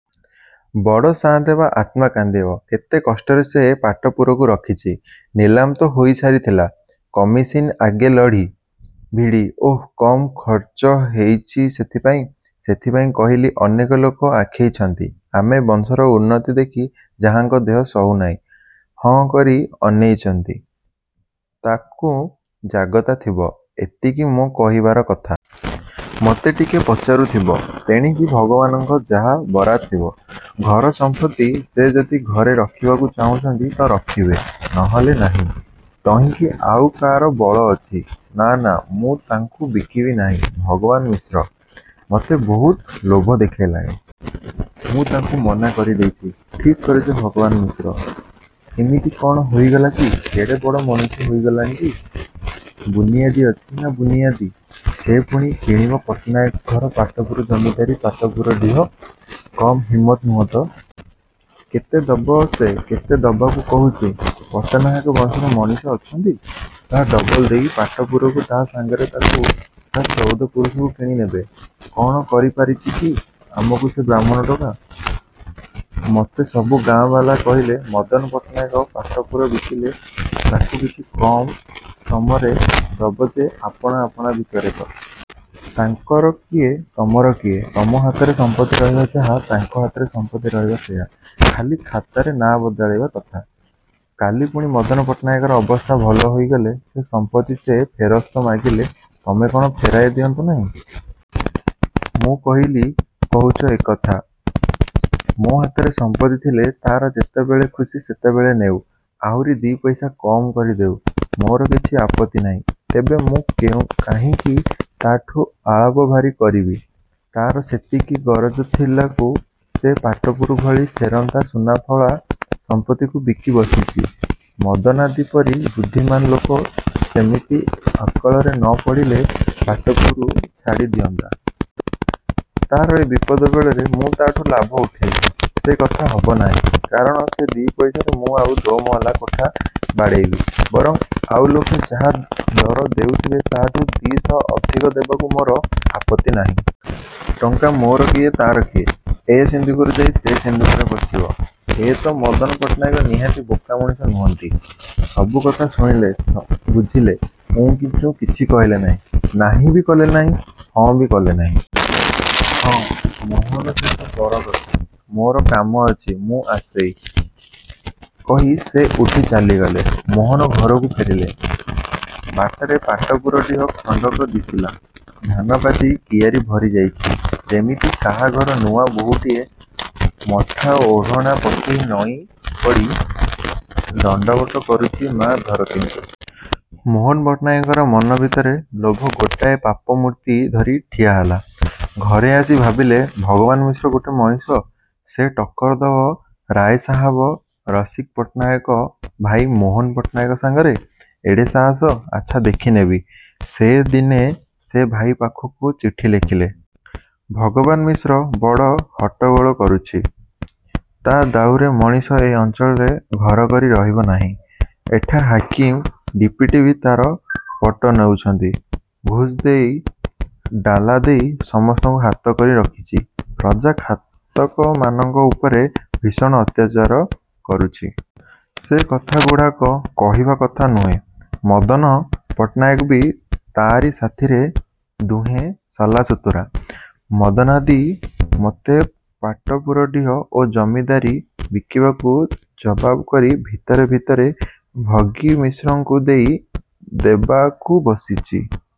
ବଡ଼ ସାଆନ୍ତବା ଆତ୍ମା କାନ୍ଦିବ। କେତେ କଷ୍ଟରେ ସେ ପାଟପୁରକୁ ରଖିଚି। ନିଲାମ ତ ହେଇଯାଇଥିଲା। କମିଶନ୍ ଆଗେ ଲଢ଼ି, ଭିଡ଼ି–ଓଃ କମ୍ ଖରଚ ହେଇଚି ସେଥିପାଇଁ? ସେଥିପାଇଁ କହିଲି, ଅନେକ ଲୋକ ଆଖେଇଛନ୍ତି–ଆମ ବଂଶର ଉନ୍ମତ୍ତ ଦେଖି ଯାହାଙ୍କ ଦେହ ସହୁ ନାହିଁ–ହାଁ କରି ଅନେଇଚନ୍ତି–ତାଙ୍କୁ ଜାଗତା ଥିବ; ଏତିକି ମୋ କହିବାର କଥା। ମୋତେ ଟିକିଏ ପଚାରୁଥିବ-। ତେଣିକି ଭଗବାନ୍ଙ୍କର ଯାହା ବରାଦ ଥିବ। ଘର ସମ୍ପତ୍ତି, ସେ ଯଦି ଘରେ ରଖିବାକୁ ଚାହାଁନ୍ତି ତ ରଖିବେ–ନହେଲେ ନାହିଁ–ତହିଁକି ଆଉ କା'ର ବଳ ଅଛି? '' ''ନା–ନା ମୁଁ ତାକୁ ବିକିବି ନାହିଁ। ଭଗବାନ ମିଶ୍ର। ମୋତେ ବହୁତ ଲୋଭ ଦେଖେଇଲାଣି। ମୁଁ ତାକୁ ମନା କରି ଦେଇଛି। '' ''ଠିକ୍ କରିଚ, ଭଗବାନ ମିଶ୍ର ଇମିତି କ'ଣ ହେଇଗଲା କି? କେଡ଼େ ବଡ଼ ମଣିଷ ହେଇଗଲା କି? ବୁନିଆଦି ଅଛି, ନା ବୁନିଆଦି? ସେ ପୁଣି କିଣିବ ପଟ୍ଟନାହାକ ଘର ପାଟପୁର ଜମିଦାରୀ ପାଟପୁର ଡିହ? କମ୍ ହିମତ ନୁହେଁ ତ? କେତେ ଦବ ସେ କେତେ ଦବାକୁ କହୁଛି? ପଟ୍ଟନାହାକ ବଂଶରେ ମଣିଷ ଅଛନ୍ତି, ତା' ଡବଲ ଦେଇ ପାଟପୁରକୁ ତାହା ସାଙ୍ଗରେ ତାକୁ ତା' ଚଉଦପୁରୁଷକୁ କିଣିନେବେ। କ'ଣ କରିପାଇଛି କି ଆମକୁ ସେ ବାହ୍ମୁଣ ଟୋକା। ମୋତେ ସବୁ ଗାଁବାଲା କହିଲେ ମଦନ ପଟ୍ଟନାୟକ ପାଟପୁର ବିକିଲେ, ତମକୁ କିଛି କମ୍ ସମରେ ଦବ ଯେ ଆପଣା ଆପଣା ଭିତରେ ତ! ତାଙ୍କର କିଏ–ତମର କିଏ? ତମ ହାତରେ ସମ୍ପତ୍ତି ରହିବା ଯାହା, ତାଙ୍କ ହାତରେ ସମ୍ପତ୍ତି ରହିବା ସେଇୟା। ଖାଲି ଖାତାରେ ନାଆଁ ବଦଳିବା କଥା। କାଲି ପୁଣି ମଦନ ପଟ୍ଟନାୟକର ଅବସ୍ଥା ଭଲ ହେଇଗଲେ ସେ ସମ୍ପତ୍ତି ସେ ଫେରସ୍ତ ମାଗିଲେ ତମେ କ'ଣ ଫେରେଇ ଦିଅନ୍ତ ନାହିଁ? ମୁଁ କହିଲି–କହୁଛ ଏ କଥା! ମୋ ହାତରେ ସମ୍ପତ୍ତି ଥିଲେ ତା'ର ଯେତେବେଳେ ଖୁସି ସେତେବେଳେ ନେଉ–ଆହୁରି ଦି' ପଇସା କମ୍ କରି ଦେଉ। ମୋର କିଛି ଆପତ୍ତି ନାହିଁ। ତେବେ ମୁଁ କାହିଁକି ତା'ଠଉ ଅଳପ ଭାଉରେ କିଣିବି! ତା'ର ସେମିତି ଗରଜ ଥିଲାକୁ ସେ ପାଟପୁର ଭଳି ସେରନ୍ତା ସୁନାଫଳା ସମ୍ପତ୍ତିକୁ ବିକି ବସିଚି–ମଦନାଦାଦି ପରି ବୁଦ୍ଧିମାନ୍ ଲୋକ ସେମିତି ଅକାଳରେ ନ ପଡ଼ିଥିଲେ ପାଟପୁର ଛାଡ଼ି ଦିଅନ୍ତା? ତା'ର ଏ ବିପଦ ବେଳରେ ମୁଁ ତା'ଠୁ ଲାଭ ଉଠେଇବି! ସେ କଥା ହବ ନାହିଁ। କ'ଣ ସେ ଦିପଇସାରେ ମୁଁ ଆଉ ଦୋମହଲା କୋଠା ବାଡ଼େଇବି? ବରଂ ଆଉ ଲୋକେ ଯାହା ଦର ଦେଉଥିବେ ତା'ଠୁ ଦିଶହ ଅଧିକ ଦେବାକୁ ମୋର ଆପତ୍ତି ନାହିଁ। ଟଙ୍କା ମୋର କିଏ ତା'ର କିଏ? ଏ ସିନ୍ଦୁକରୁ ଯାଇ ସେ ସିନ୍ଦୁକରେ ପଶିବ-। ଏଇ ତ! '' ମଦନ ପଟ୍ଟନାୟକ ନିହାତି ବୋକା ମଣିଷ ନୁହନ୍ତି। ସବୁକଥା ଶୁଣିଲେ, ବୁଝିଲେ, ଉଁ କି ଚୁଁ କିଛି କହିଲେ ନାହିଁ। ନାହିଁବି କଲେ ନାହିଁ–ହଁବି କଲେ ନାହିଁ। ''ହଁ ମୋହନ ସେ ତ ପର କଥା। ମୋର କାମ ଅଛି ମୁଁ ଆସେଇ। '' କହି ସେ ଉଠି ଚାଲିଗଲେ। ମୋହନ ଘରକୁ ଫେରିଲେ। ବାଟରେ ପାଟପୁର ଡିହ ଖଣ୍ଡକ ଦିଶିଲା। ଧାନପାଚି କିଆରି ଭରି ଯାଇଚି। ଯେମିତି କାହାଘର ନୂଆ ବହୂଟିଏ ମଠା ଓଢ଼ଣା ପକେଇ ନଇଁ ପଡ଼ି ଦଣ୍ଡବତ କରୁଚି ମା ଧରତୀଙ୍କୁ। ମୋହନ ପଟ୍ଟନାୟକର ମନ ଭିତରେ ଲୋଭ ଗୋଟାଏ ପାପ ମୂର୍ତ୍ତି ଧରି ଠିଆ ହେଲା। ଘରେ ଆସି ଭାବିଲେ–ଭଗବାନମିଶ୍ର ଗୋଟେ ମଣିଷ, ସେ ଟକ୍କର ଦବ ରାୟସାହେବ ରସିକପଟ୍ଟନାୟକ ଭାଇ ମୋହନ ପଟ୍ଟନାୟକ ସାଙ୍ଗରେ? ଏଡ଼େ ସାହସ? ଆଚ୍ଛା ଦେଖିନେବି। ସେଇ ଦିନ ସେ ଭାଇ ପାଖକୁ ଚିଠି ଲେଖିଲେ। ଭଗବାନ ମିଶ୍ର ବଡ଼ ହଟ୍ଟଗୋଳ କରୁଚି, ତା' ଦାଉରେ ମଣିଷ ଏ ଅଞ୍ଚଳରେ ଘର କରି ରହିବ ନାହିଁ। ଏଠା ହାକିମ ଡିପଟିବି ତା'ର ପଟ ନେଉଛନ୍ତି। ଘୁଷ୍ ଦେଇ, ଡାଲା ଦେଇ ସମସ୍ତକୁ ହାତ କରି ରଖିଛି। ପ୍ରଜା ଖାତକମାନଙ୍କ ଉପରେ ଭୀଷଣ ଅତ୍ୟାଚାର କରୁଛି। ସେ କଥାଗୁଡ଼ାକ କହିବା କଥା ନୁହେଁ। ମଦନ ପଟ୍ଟନାୟକବି ତା'ରି ସାଥିରେ–ଦୁହେଁ ସଲାସୁତରା। ମଦନାଦାଦି ମୋତେ ପାଟପୁର ଡିହ ଓ ଜମିଦାରୀ ବିକିବାକୁ ଜବାବ କରି ଭିତରେ ଭିତରେ ଭଗିମିଶ୍ରକୁ ଦେଇ ଦେବାକୁ ବସିଛି।